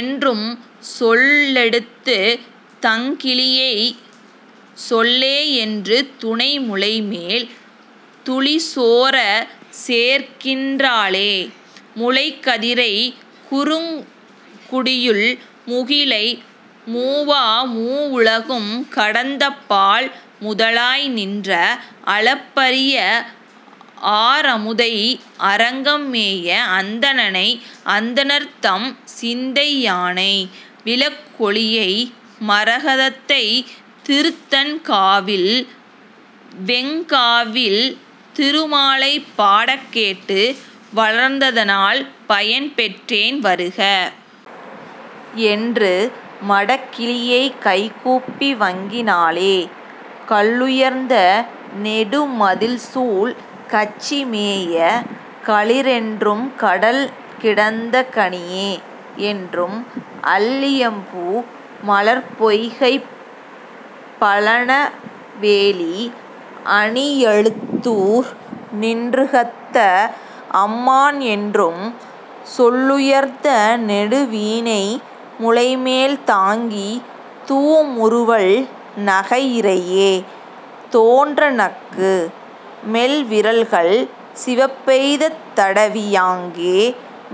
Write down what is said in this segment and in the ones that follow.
என்றும்,। சொல்லெடுத்துத் தங்கிளியைச் சொல்லே என்று துணைமுலைமேல் துளிசோரச் சோர்க்கின் றாளே. முளைக்கதிரைக் குறுங்குடியுள் முகிலை மூவா மூவுலகும் கடந்தப்பால் முதலாய் நின்ற, அளப்பரிய ஆரமுதை அரங்கம் மேய அந்தணனை அந்தணர்தம் சிந்தை யானை, விளக்கொளியை மரகதத்தைத் திருத்தண் காவில் வெஃகாவில் திருமாலைப் பாடக் கேட்டு வளர்த்ததனால் பயன்பெற்றேன் வருக. என்று மடக்கிளியைக் கைகூப்பி வங்கி னாளே. கல்லுயர்ந்த நெடுமதிள்சூழ் கச்சி மேய களிறென்றும் கடல்கிடந்த கனியே. என்றும், அல்லியம்பூ மலர்ப்பொய்கைப் பழன வேலி அணியழுந்தூர் நின்றுகந்த அம்மான் என்றும், சொல்லுயர்ந்த நெடுவீணை முலைமேல் தாங்கித் தூமுறுவல் நகையிறையே தோன்ற நக்கு, மெல்விரல்கள் சிவப்பெய்தத் தடவி யாங்கே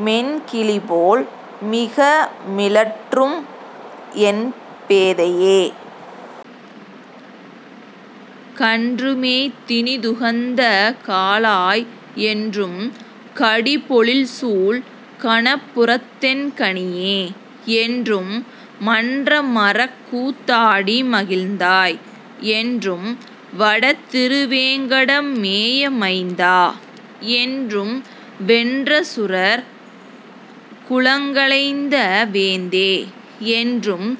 மென்கிளிபோல் மிகமிழற்றும் என்பே தையே. கன்றுமேய்த் தினிதுகந்த காளாய். என்றும், கடிபொழில்சூழ் கணபுரத்தென் கனியே. என்றும், மன்றமரக் கூத்தாடி மகிழ்ந்தாய். என்றும், வடதிருவேங் கடம்மேய மைந்தா. என்றும், வென்றசுரர் குலங்களைந்த வேந்தே. என்றும்,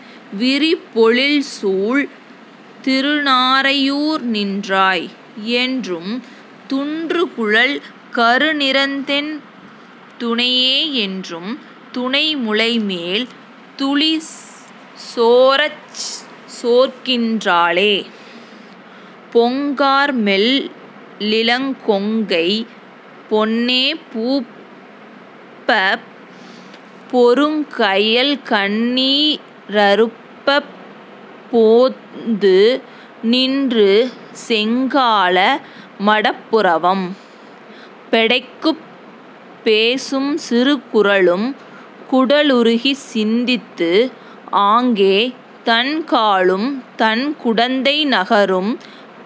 விரிபொழில்சூழ் திருநாறையூர் நின்றாய். என்றும், துன்றுகுழல் கருநிறத்தென் துணையே என்றும் துணைமுலைமேல் துளிசோரச் சோர்க்கின் றாளே. பொங்கார்மெல் லிளங்கொங்கை பொன்னே பூப்பப் பொருகயல்கண் ணீரரும்பப் போந்து நின்று செங்கால மடப்புறவம் பெடைக்குப் பேசும் சிறுகுரலுக் குடலுருகிச் சிந்தித்து, ஆங்கே தண்காலும் தண்குடந்தை நகரும்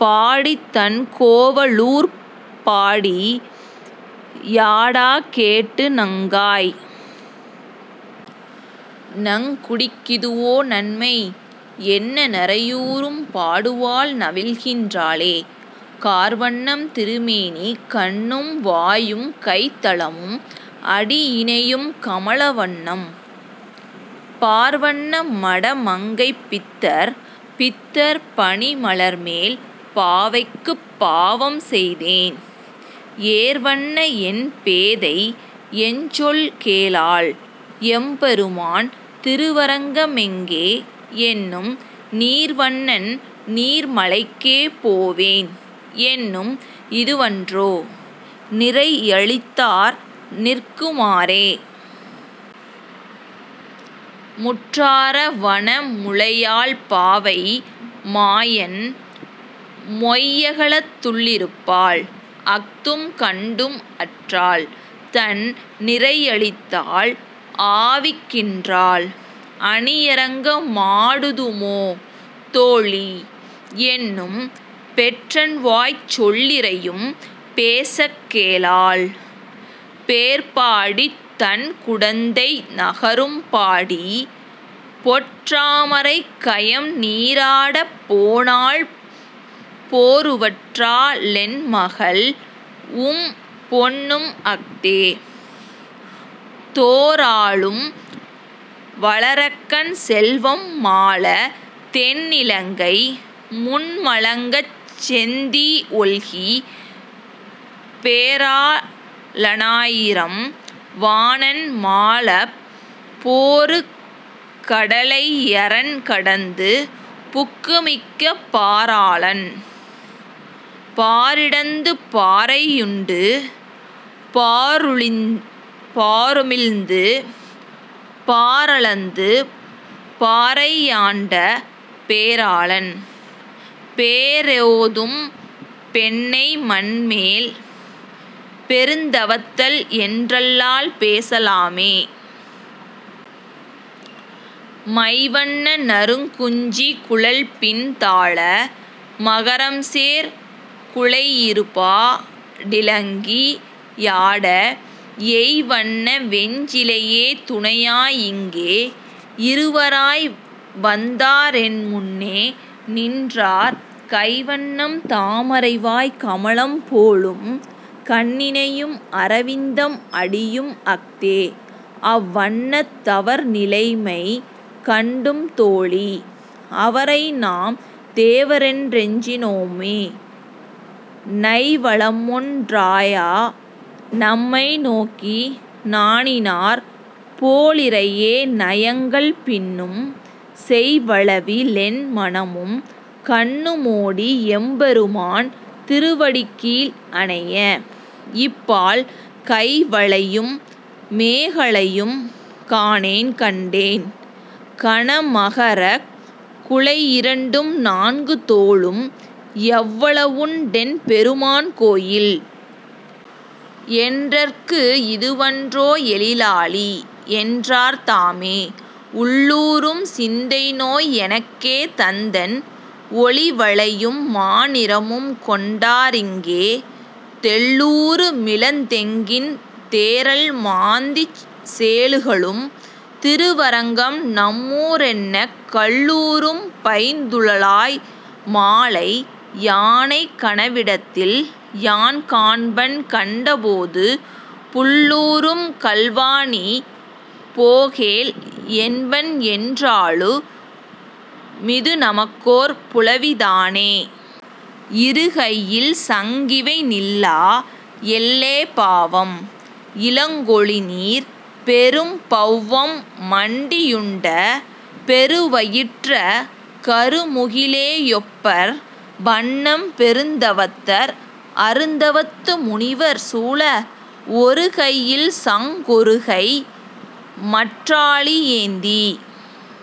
பாடித் தண்கோவ லூர்ப்பாடி யாடக் கேட்டு, நங்காய். நங் குடிக்கிதுவோ நன்மை? என்ன நறையூரும் பாடுவாள் நவில்கின் றாளே. கார்வண்ணம் திருமேனி கண்ணும் வாயும் கைத்தலமும் அடியிணையும் கமல வண்ணம், பார்வண்ண மடமங்கை பித்தர் பித்தர் பனிமலர்மேல் பாவைக்குப் பாவம் செய்தேன், ஏர்வண்ண என்பேதை எஞ்சொல் கேளாள் எம்பெருமான் திருவரங்க மெங்கே? என்னும், நீர்வண்ணன் நீர்மலைக்கே போவேன் என்னும் இதுவன்றோ நிறையழிதார் நிற்கு மாறே? முற்றாரா வனமுலையாள் பாவை மாயன் மொய்யகலத் துள்ளிருப்பாள் அஃதும் கண்டும் அற்றாள், தன் நிறையழித்தாள் ஆவிக் கின்றாள் அணியரங்க மாடுதுமோ தோழீ. என்னும், பெற்றேன்வாய்ச் சொல்லிறையும் பேசக் கேளாள் பேர்ப்பாடித் தண்குடந்தை நகரும் பாடி, பொற்றாம ரைக்கயம்நீ ராடப் போனாள் பொருவற்றா ளென்மகள்உம் பொன்னும் அஃதே. தோராளும் வளரக்கன் செல்வம் மாளத் தென்னிலங்கை முன்மலங்கச் செந்தீ ஒல்கி, பேராள னாயிரம் வாணன் மாளப் பொருகடலை யரண்கடந்து புக்கு மிக்க பாராளன், பாரிடந்து பாரை யுண்டு பாருமிழ்ந்து பாரளந்து பாரை யாண்ட பேராளன், பேரோதும் பெண்ணை மண்மேல் பெருந்தவத்தள் என்றல்லால் பேச லாமே? மைவண்ண நறுங்குஞ்சி குழல்பின் தாழ மகரம்சேர் குழையிருபா டிலங்கி யாட, எய்வண்ண வெஞ்சிலையே துணையா இங்கே இருவராய் வந்தாரென் முன்னே நின்றார் கைவண்ணம் தாமரைவாய் கமலம் போலும் கண்ணிணையும் அரவிந்தம் அடியும் அஃதே, அவ்வண்ணத் தவர்நிலைமை கண்டும் தோழீ. அவரைநாம் தேவரென் றஞ்சி னோமே. நைவளமொன் றாராயா நம்மை நோக்கா நாணினார் போலிறையே நயங்கள் பின்னும், செய்வளவி லென்மனமும் கண்ணு மோடி எம்பெருமான் திருவடிக்கீழ் அணைய, இப்பால் கைவளையும் மேகலையும் காணேன் கண்டேன் கனமகரக் குழையிரண்டும் நான்கு தோளும், எவ்வளவுண் டெம்பெருமான் கோயில்? என்றேற்கு இதுவன்றோ எழிலாலி? என்றார் தாமே. உள்ளூரும் சிந்தைநோய் எனக்கே தந்தென் ஒளிவளையும் மாநிறமும் கொண்டா ரிங்கே, தெள்ளூரு மிளந்தெங்கின் தேறல் மாந்திச் சேலுகளும் திருவரங்கம் நம்மூ ரென்னக் கள்ளூரும் பைந்துழாய் மாலை யானைக் கனவிடத்தில் யான்காண்பன் கண்ட போது, புள்ளூரும் கள்வாநீ போகேல், என்பன் என்றாலு மிதுநமக்கோர் புலவி தானே? இருகையில்சங் கிவைநில்லா எல்லே பாவம். இலங்கொலிநீர் பெரும்பௌவம் மண்டி யுண்ட, பெருவயிற்ற கருமுகிலே யொப்பர் வண்ணம் பெருந்தவத்தர் அருந்தவத்து முனிவர் சூழ ஒருகையில்சங் கொருகைமற் றாழி யேந்தி